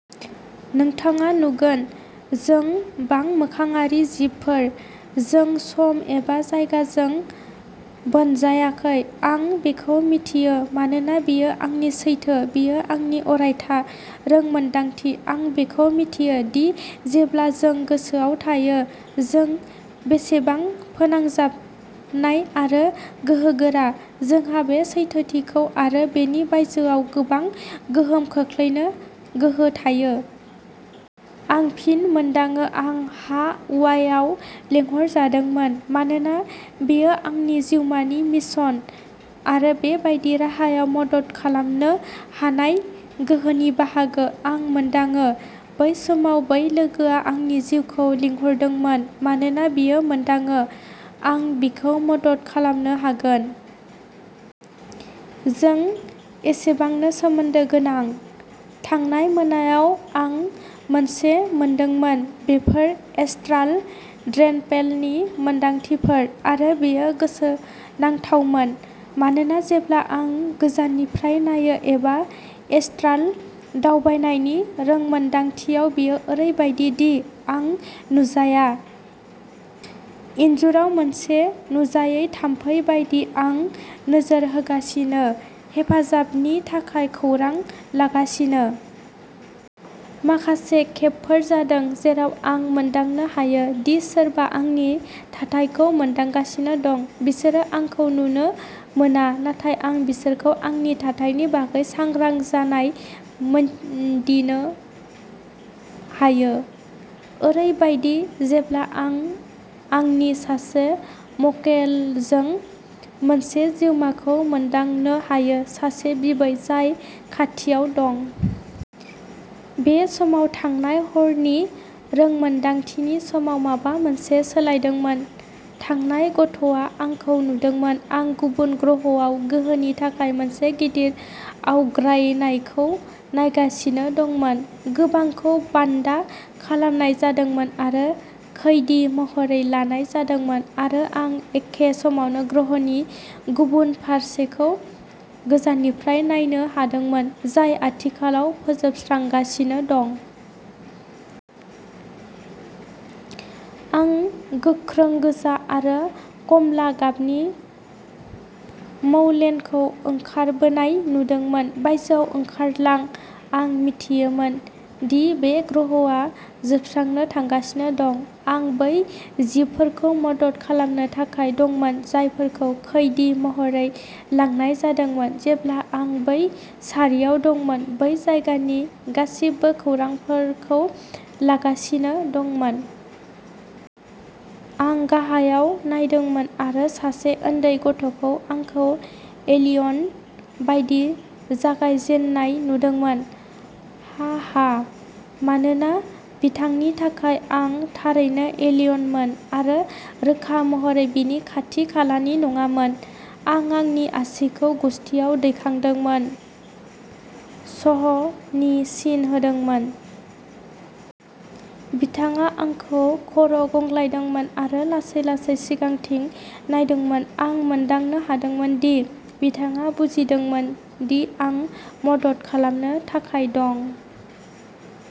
नोंथाङा नुगोन जों बांमोखाङारि जिबफोर, जों सम एबा जायगाजों बोनजायाखै। आं बेखौ मिथियो मानोना बेयो आंनि सैथो, बेयो आंनि अरायथा रोंमोनदांथि। आं बेखौबो मिथियो दि जेब्ला जों गोसोआव थायो जों बेसेबां फोनांजाबनाय आरो गोहोगोरा, जोंहा बे सैथोथिखौ आरो बेनि बायजोआव गोबां गोहोम खोख्लैनो गोहो थायो। आं फिन मोनदाङो आं हावाइआव लेंहरजादोंमोन, मानोना बेयो आंनि जिउमानि मिशन आरो बेबादि राहायाव मदद खालामनो हानाय गोहोनि बाहागो। आं मोनदाङो बै समाव बै लोगोआ आंनि जिउखौ लिंहरदोंमोन मानोना बियो मोनदाङो आं बिखौ मदद खालामनो हागोन। जों एसेबांनो सोमोन्दो गोनां! थांनाय मोनायाव आं मोनसे मोनदोंमोन। बेफोर, एस्ट्राल ट्रेभेलनि मोनदांथिफोर, आरो बेयो गोसोनांथावमोन मानोना जेब्लानो आं गोजाननिफ्राय नायो; एबा एस्ट्राल दावबायनायनि रोंमोनदांथियाव बेयो ओरैबायदि दि आं नुजाया। इनजुराव मोनसे नुजायै थामफै बायदि, आं नोजोर होगासिनो, हेफाजाबनि थाखाय खौरां लागासिनो। माखासे खेबफोर जादों जेराव आं मोनदांनो हायो दि सोरबा आंनि थाथायखौ मोनदांगासिनो दं। बिसोरो आंखौ नुनो मोना नाथाय आं बिसोरखौ आंनि थाथायनि बागै सांग्रां जानाय मोनदिनो हायो। ओरैबायदि जेब्ला आं आंनि सासे मक्केलजों मोनसे जिउमाखौ मोनदांनो हायो, सासे बिबै जाय खाथियाव दं। बे समाव थांनाय हरनि रोंमोनदांथिनि समाव माबा मोनसे सोलायदोंमोन-थांनाय गथ'आ आंखौ नुदोंमोन। आं गुबुन ग्रहआव गोहोनि थाखाय मोनसे गिदिर आवग्रायनायखौ नायगासिनो दंमोन। गोबांखौ बान्दा खालामनाय जादोंमोन आरो खैदि महरै लानाय जादोंमोन, आरो आं एखे समावनो ग्रह'नि गुबुन फारसेखौ गोजाननिफ्राय नायनो हादोंमोन जाय आथिखालाव फोजोबस्रांजागासिनो दं। आं गोख्रों गोजा आरो खमला गाबनि मौल्टेनखौ ओंखारबोनाय नुदोंमोन। बायजोआव ओंखारलां। आं मिथियोमोन दि बे ग्रहआ जोबस्रांनो थांगासिनो दं। आं बै जिबफोरखौ मदद खालामनो थाखाय दंमोन, जायफोरखौ खैदि महरै लांनाय जादोंमोन। जेब्ला आं बै सारियाव दंमोन, बे जायगानि गासिबो खौरांफोरखौ लागासिनो दंमोन। आं गाहायाव नायदोंमोन आरो सासे उन्दै गथ'खौ आंखौ एलियन बायदि जागायजेननाय नुदोंमोन, हाहा। मानोना बिथांनि थाखाय, आं थारैनो एलियनमोन आरो रोखा महरै बेनि खाथि-खालानि नङामोन। आं आंनि आसिखौ गुसथिआव दैखांदोंमोन, "श्ह" नि सिन होदोंमोन। बिथाङा आंखौ खर'गंग्लायदोंमोन आरो लासै-लासै सिगांथिं नायदोंमोन। आं मोनदांनो हादोंमोन दि बिथाङा बुजिदोंमोन दि आं मदद खालामनो थाखाय दं।